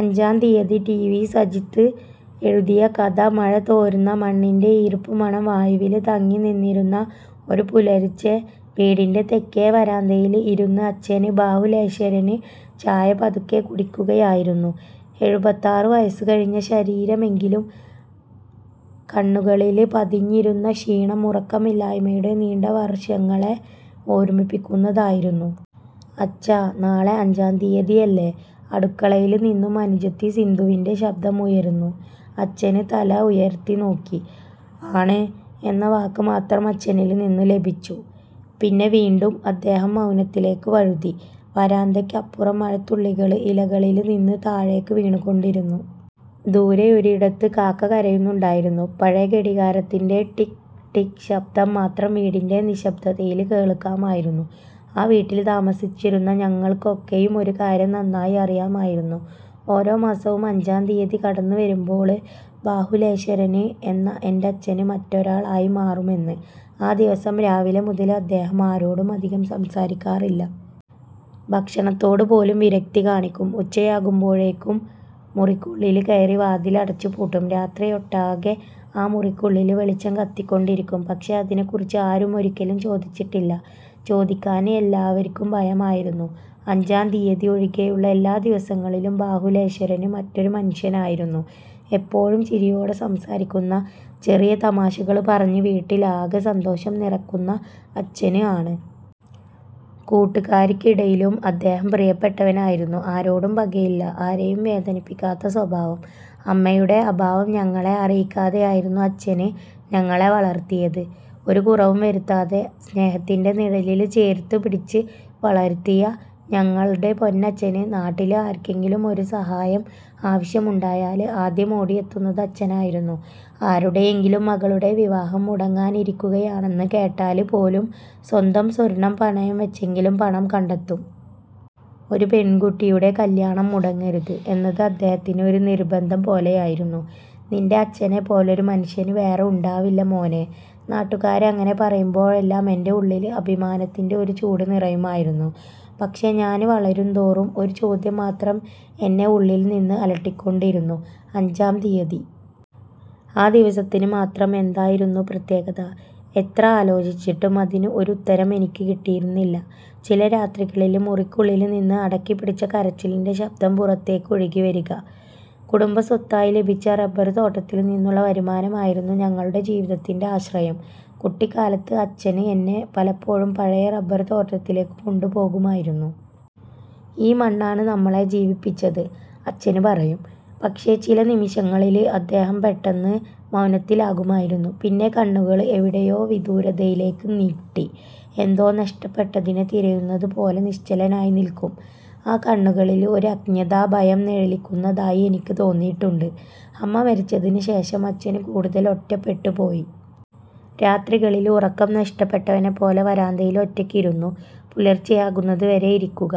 അഞ്ചാം തീയതി ടിവി സജിത് എഴുതിയ കഥ മഴ തോര്ന്ന മണ്ണിന്റെ ഈര്പ്പുമണം വായുവില് തങ്ങിനിന്നിരുന്ന ഒരു പുലര്ച്ചെ. വീടിന്റെ തെക്കേ വരാന്തയില് ഇരുന്ന് അച്ഛന്, ബാഹുലേശ്വരന് ചായ പതുക്കെ കുടിക്കുകയായിരുന്നു. എഴുപത്താറ് വയസ്സ് കഴിഞ്ഞ ശരീരമെങ്കിലും, കണ്ണുകളില് പതിഞ്ഞിരുന്ന ക്ഷീണം ഉറക്കമില്ലായ്മയുടെ നീണ്ട വര്ഷങ്ങളെ ഓര്മ്മിപ്പിക്കുന്നതായിരുന്നു. ''അച്ഛാ... നാളെ അഞ്ചാം തീയതിയല്ലേ? '' അടുക്കളയില് നിന്നും അനുജത്തി സിന്ധുവിന്റെ ശബ്ദം ഉയര്ന്നു. അച്ഛന് തല ഉയര്ത്തി നോക്കി. ''ആണ്... ' എന്ന വാക്ക് മാത്രം അച്ഛനില് നിന്നും ലഭിച്ചു. പിന്നെ വീണ്ടും അദ്ദേഹം മൗനത്തിലേക്ക് വഴുതി. വരാന്തയ്ക്കപ്പുറം മഴത്തുള്ളികള് ഇലകളില് നിന്ന് താഴേക്ക് വീണുകൊണ്ടിരുന്നു. ദൂരെയൊരിടത്ത് കാക്ക കരയുന്നുണ്ടായിരുന്നു. പഴയ ഘടികാരത്തിന്റെ ടിക്... ടിക്... ശബ്ദം മാത്രം വീടിന്റെ നിശബ്ദതയില് കേള്ക്കാമായിരുന്നു. ആ വീട്ടില് താമസിച്ചിരുന്ന ഞങ്ങള്ക്കൊക്കെയും ഒരു കാര്യം നന്നായി അറിയാമായിരുന്നു ഓരോ മാസവും അഞ്ചാം തീയതി കടന്നുവരുമ്പോള് ബാഹുലേശ്വരന് എന്ന എന്റച്ഛന് മറ്റൊരാളായി മാറുമെന്ന്. ആ ദിവസം രാവിലെ മുതല് അദ്ദേഹം ആരോടും അധികം സംസാരിക്കാറില്ല. ഭക്ഷണത്തോട് പോലും വിരക്തി കാണിക്കും. ഉച്ചയാകുമ്പോഴേക്കും മുറിക്കുള്ളില് കയറി വാതില് അടച്ചുപൂട്ടും. രാത്രിയൊട്ടാകെ ആ മുറിക്കുള്ളില് വെളിച്ചം കത്തിക്കൊണ്ടിരിക്കും. പക്ഷേ, അതിനെക്കുറിച്ച് ആരും ഒരിക്കലും ചോദിച്ചിട്ടില്ല. ചോദിക്കാന് എല്ലാവര്ക്കും ഭയമായിരുന്നു. അഞ്ചാം തീയതി ഒഴികെയുള്ള എല്ലാ ദിവസങ്ങളിലും ബാഹുലേശ്വരന് മറ്റൊരു മനുഷ്യനായിരുന്നു. എപ്പോഴും ചിരിയോടെ സംസാരിക്കുന്ന, ചെറിയ തമാശകള് പറഞ്ഞ് വീട്ടിലാകെ സന്തോഷം നിറയ്ക്കുന്ന അച്ഛന് ആണ്. കൂട്ടുകാര്ക്കിടയിലും അദ്ദേഹം പ്രിയപ്പെട്ടവനായിരുന്നു. ആരോടും പകയില്ല, ആരെയും വേദനിപ്പിക്കാത്ത സ്വഭാവം. അമ്മയുടെ അഭാവം ഞങ്ങളെ അറിയിക്കാതെയായിരുന്നു അച്ഛന് ഞങ്ങളെ വളര്ത്തിയത്. ഒരു കുറവും വരുത്താതെ, സ്നേഹത്തിന്റെ നിഴലില് ചേര്ത്തുപിടിച്ച് വളര്ത്തിയ ഞങ്ങളുടെ പൊന്നച്ഛന്. നാട്ടില് ആര്ക്കെങ്കിലും ഒരു സഹായം ആവശ്യമുണ്ടായാല് ആദ്യം ഓടിയെത്തുന്നത് അച്ഛനായിരുന്നു. ആരുടെയെങ്കിലും മകളുടെ വിവാഹം മുടങ്ങാനിരിക്കുകയാണെന്ന് കേട്ടാല് പോലും, സ്വന്തം സ്വര്ണം പണയം വെച്ചെങ്കിലും പണം കണ്ടെത്തും. ''ഒരു പെണ്കുട്ടിയുടെ കല്യാണം മുടങ്ങരുത്... ' എന്നത് അദ്ദേഹത്തിന് ഒരു നിര്ബന്ധം പോലെയായിരുന്നു. ''നിന്റെ അച്ഛനെ പോലൊരു മനുഷ്യന് വേറെ ഉണ്ടാവില്ല മോനേ... ' നാട്ടുകാര് അങ്ങനെ പറയുമ്പോഴെല്ലാം എന്റെ ഉള്ളില് അഭിമാനത്തിന്റെ ഒരു ചൂട് നിറയുമായിരുന്നു. പക്ഷേ, ഞാന് വളരുന്നതോറും ഒരു ചോദ്യമാത്രം എന്നെ ഉള്ളില്നിന്ന് അലട്ടിക്കൊണ്ടിരുന്നു, അഞ്ചാം തീയതി. ആ ദിവസത്തിന് മാത്രം എന്തായിരുന്നു പ്രത്യേകത? എത്ര ആലോചിച്ചിട്ടും അതിന് ഒരു ഉത്തരം എനിക്ക് കിട്ടിയിരുന്നില്ല. ചില രാത്രികളില് മുറിക്കുള്ളില് നിന്ന് അടക്കിപ്പിടിച്ച കരച്ചിലിന്റെ ശബ്ദം പുറത്തേക്ക് ഒഴുകിവരിക... കുടുംബസ്വത്തായി ലഭിച്ച റബ്ബര്തോട്ടത്തില് നിന്നുള്ള വരുമാനമായിരുന്നു ഞങ്ങളുടെ ജീവിതത്തിന്റെ ആശ്രയം. കുട്ടിക്കാലത്ത് അച്ഛന് എന്നെ പലപ്പോഴും പഴയ റബ്ബര്തോട്ടത്തിലേക്ക് കൊണ്ടുപോകുമായിരുന്നു. ''ഈ മണ്ണാണ് നമ്മളെ ജീവിപ്പിച്ചത്... ' അച്ഛന് പറയും. പക്ഷേ ചില നിമിഷങ്ങളില് അദ്ദേഹം പെട്ടെന്ന് മൗനത്തിലാകുമായിരുന്നു. പിന്നെ കണ്ണുകള് എവിടെയോ വിദൂരതയിലേക്ക് നീട്ടി, എന്തോ നഷ്ടപ്പെട്ടതിനെ തിരയുന്നതുപോലെ നിശ്ചലനായി നില്ക്കും. ആ കണ്ണുകളില് ഒരു അജ്ഞാതഭയം നിഴലിക്കുന്നതായി എനിക്ക് തോന്നിയിട്ടുണ്ട്. അമ്മ മരിച്ചശേഷം അച്ഛന് കൂടുതല് ഒറ്റപ്പെട്ടുപോയി. രാത്രികളില് ഉറക്കം നഷ്ടപ്പെട്ടവനെപ്പോലെ വരാന്തയില് ഒറ്റയ്ക്കിരുന്നു പുലര്ച്ചെയാകുന്നത് വരെ ഇരിക്കുക...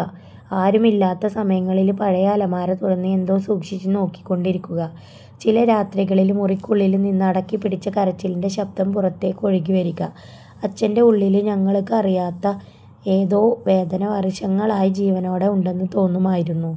ആരുമില്ലാത്ത സമയങ്ങളില് പഴയ അലമാര തുറന്ന് എന്തോ സൂക്ഷിച്ചു നോക്കിക്കൊണ്ടിരിക്കുക... ചില രാത്രികളില് മുറിക്കുള്ളില് നിന്ന് അടക്കിപ്പിടിച്ച കരച്ചിലിന്റെ ശബ്ദം പുറത്തേക്ക് ഒഴുകിവരിക... അച്ഛന്റെ ഉള്ളില് ഞങ്ങള്ക്കറിയാത്ത ഏതോ വേദന വര്ഷങ്ങളായി ജീവനോടെ ഉണ്ടെന്ന് തോന്നുമായിരുന്നു.